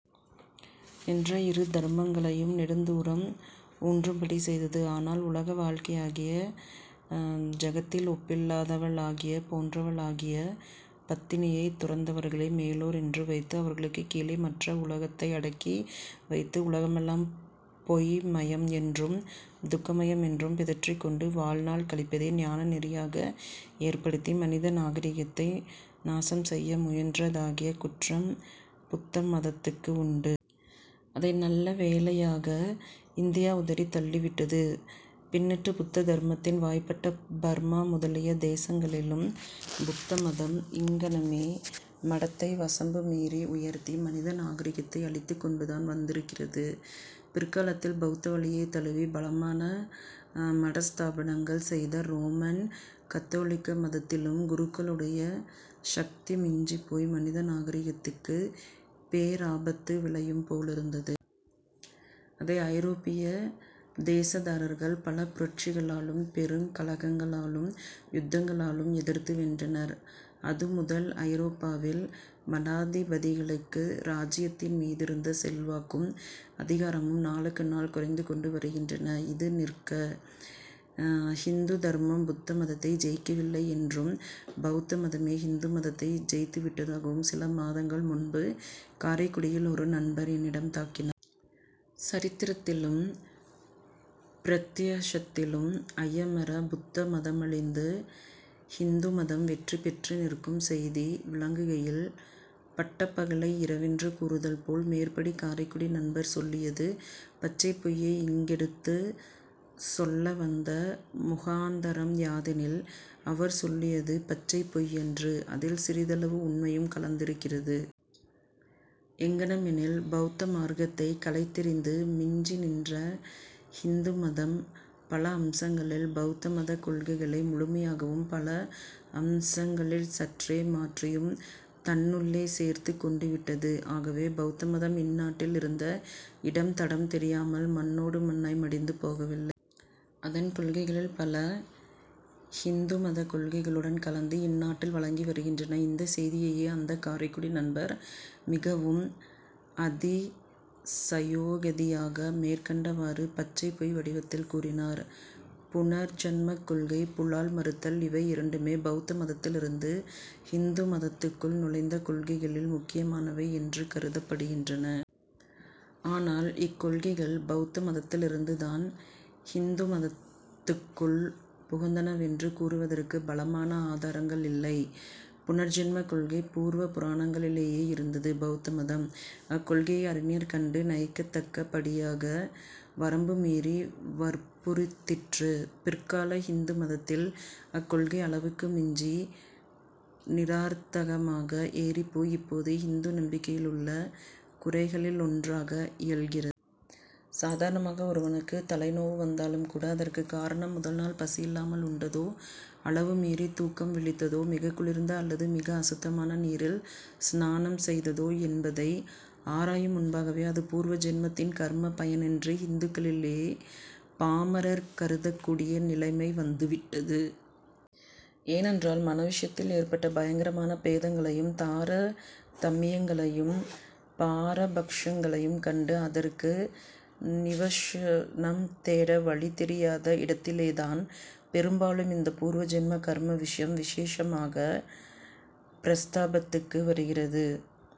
என்ற இரு தர்மங்களையும் நெடுந்தூரம் ஊன்றும்படி செய்தது. ஆனால், உலக வாழ்க்கையாகிய ஜகத்தில் ஒப்பில்லாதவளாகிய போன்றவளாகிய பத்தினியைத் துறந்தவர்களே மேலோர் என்று வைத்து, அவர்களுக்குக் கீழே மற்ற உலகத்தை அடக்கி வைத்து உலகமெல்லாம் பொய் மயம் என்றும், துக்க மயம் என்றும் பிதற்றிக் கொண்டு வாழ்நாள் கழிப்பதே ஞான நெறியாக ஏற்படுத்தி மனித நாகரிகத்தை நாசஞ் செய்ய முயன்றதாகிய குற்றம் புத்த மதத்துக்கு உண்டு. அதை நல்ல வேளையாக இந்தியா உதறித் தள்ளிவிட்டது. பின்னிட்டுப் புத்த தர்மத்தின் வாய்ப்பட்ட பர்மா முதலிய தேசங்களிலும் புத்த மதம் இங்ஙனமே மடத்தை வரம்பு மீறி உயர்த்தி மனித நாகரிகத்தை அழித்துக் கொண்டுதான் வந்திருக்கிறது. பிற்காலத்தில் பௌத்த வழியைத் தழுவி, பலமான மட ஸ்தாபனங்கள் செய்த ரோமன் கத்தோலிக்க மதத்திலும் குருக்களுடைய சக்தி மிஞ்சிப் போய் மனித நாகரிகத்துக்குப் பேராபத்து விளையும் போலிருந்தது. அதை ஐரோப்பிய தேசத்தார்கள் பல புரட்சிகளாலும், பெருங் கலகங்களாலும், யுத்தங்களாலும் எதிர்த்து வென்றனர். அது முதல் ஐரோப்பாவில் மடாதிபதிகளுக்கு ராஜ்யத்தின் மீதிருந்த செல்வாக்கும் அதிகாரமும் நாளுக்கு நாள் குறைந்து கொண்டு வருகின்றன. இது நிற்க. ஹிந்து தர்மம் புத்த மதத்தை ஜெயிக்கவில்லை யென்றும், பௌத்த மதமே ஹிந்து மதத்தை ஜெயித்து விட்டதாகவும் சில மாதங்கள் முன்பு, காரைக்குடியில் ஒரு நண்பர் என்னிடம் தாக்கினார். சரித்திரத்திலும் பிரத்யக்ஷத்திலும் ஐயமற புத்த மதமழிந்து, ஹிந்து மதம் வெற்றி பெற்று நிற்கும் செய்தி விளங்குகையில், பட்டப் பகலை இரவென்று கூறுதல் போல், மேற்படி காரைக்குடி நண்பர் சொல்லியது பச்சைப் பொய்யை இங்கெடுத்துச் சொல்லவந்த முகாந்தரம் யாதெனில் அவர் சொல்லியது பச்சைப் பொய்யன்று. அதில் சிறிதளவு உண்மையும் கலந்திருக்கிறது. எங்ஙனமெனில், பௌத்த மார்க்கத்தை களைத்தெறிந்து மிஞ்சி நின்ற ஹிந்து மதம் பல அம்சங்களில் பௌத்த மதக் கொள்கைகளை முழுமையாகவும் பல அம்சங்களிற் சற்றே மாற்றியும் தன்னுள்ளே சேர்த்துக் கொண்டுவிட்டது. ஆகவே பௌத்த மதம் இந்நாட்டில் இருந்த இடம் தடம் தெரியாமல் மண்ணோடு மண்ணாய் மடிந்து போகவில்லை. அதன் கொள்கைகளில் பல ஹிந்து மதக் கொள்கைகளுடன் கலந்து இந்நாட்டில் வழங்கி வருகின்றன. இந்தச் செய்தியையே அந்தக் காரைக்குடி நண்பர் மிகவும் அதிச யோகதியாக மேற்கண்டவாறு பச்சைப் பொய் வடிவத்தில் கூறினார். புனர் ஜன்மக் கொள்கை, புலால் மறுத்தல் இவை இரண்டுமே பௌத்த மதத்திலிருந்து ஹிந்து மதத்துக்குள் நுழைந்த கொள்கைகளில் முக்கியமானவை என்று கருதப் படுகின்றன. ஆனால், இக்கொள்கைகள் பௌத்த மதத்திலிருந்துதான் ஹிந்து மதத்துக்குள் புகுந்தனவென்று கூறுவதற்குப் பலமான ஆதாரங்களில்லை. புனர் ஜன்ம கொள்கை பூர்வ புராணங்களிலேயே இருந்தது. பௌத்த மதம் அக்கொள்கையை அறிஞர் கண்டு நகைக்கத்தக்க படியாக, வரம்பு மீறி வற்புறுத்திற்று. பிற்கால ஹிந்து மதத்தில் அக்கொள்கை அளவுக்கு மிஞ்சி, நிரார்த்தகமாக ஏறிப்போய் இப்போது ஹிந்து நம்பிக்கையிலுள்ள குறைகளிலொன்றாக இயல்கிறது. சாதாரணமாக ஒருவனுக்குத் தலை நோவு வந்தாலுங்கூட, அதற்குக் காரணம் 'முதல்நாள் பசியில்லாமல் உண்டதோ, அளவு மீறித் தூக்கம் விழித்ததோ, மிகக் குளிர்ந்த அல்லது மிக அசுத்தமான நீரில் ஸ்நானம் செய்ததோ என்பதை ஆராயும் முன்பாகவே அது பூர்வ ஜன்மத்தின் கர்மப் பயனென்று ஹிந்துக்களிலே பாமரர் கருதக்கூடிய நிலைமை வந்துவிட்டது. ஏனென்றால், மண விஷயத்தில் ஏற்பட்ட பயங்கரமான பேதங்களையும், தார தம்மியங்களையும், பாரபக்ஷங்களையும் கண்டு, அதற்கு நிவக்ஷணம் தேட வழி தெரியாத இடத்திலேதான், பெரும்பாலும் இந்தப் பூர்வ ஜன்ம கர்ம விஷயம் விசேஷமாகப் பிரஸ்தாபத்துக்கு வருகிறது.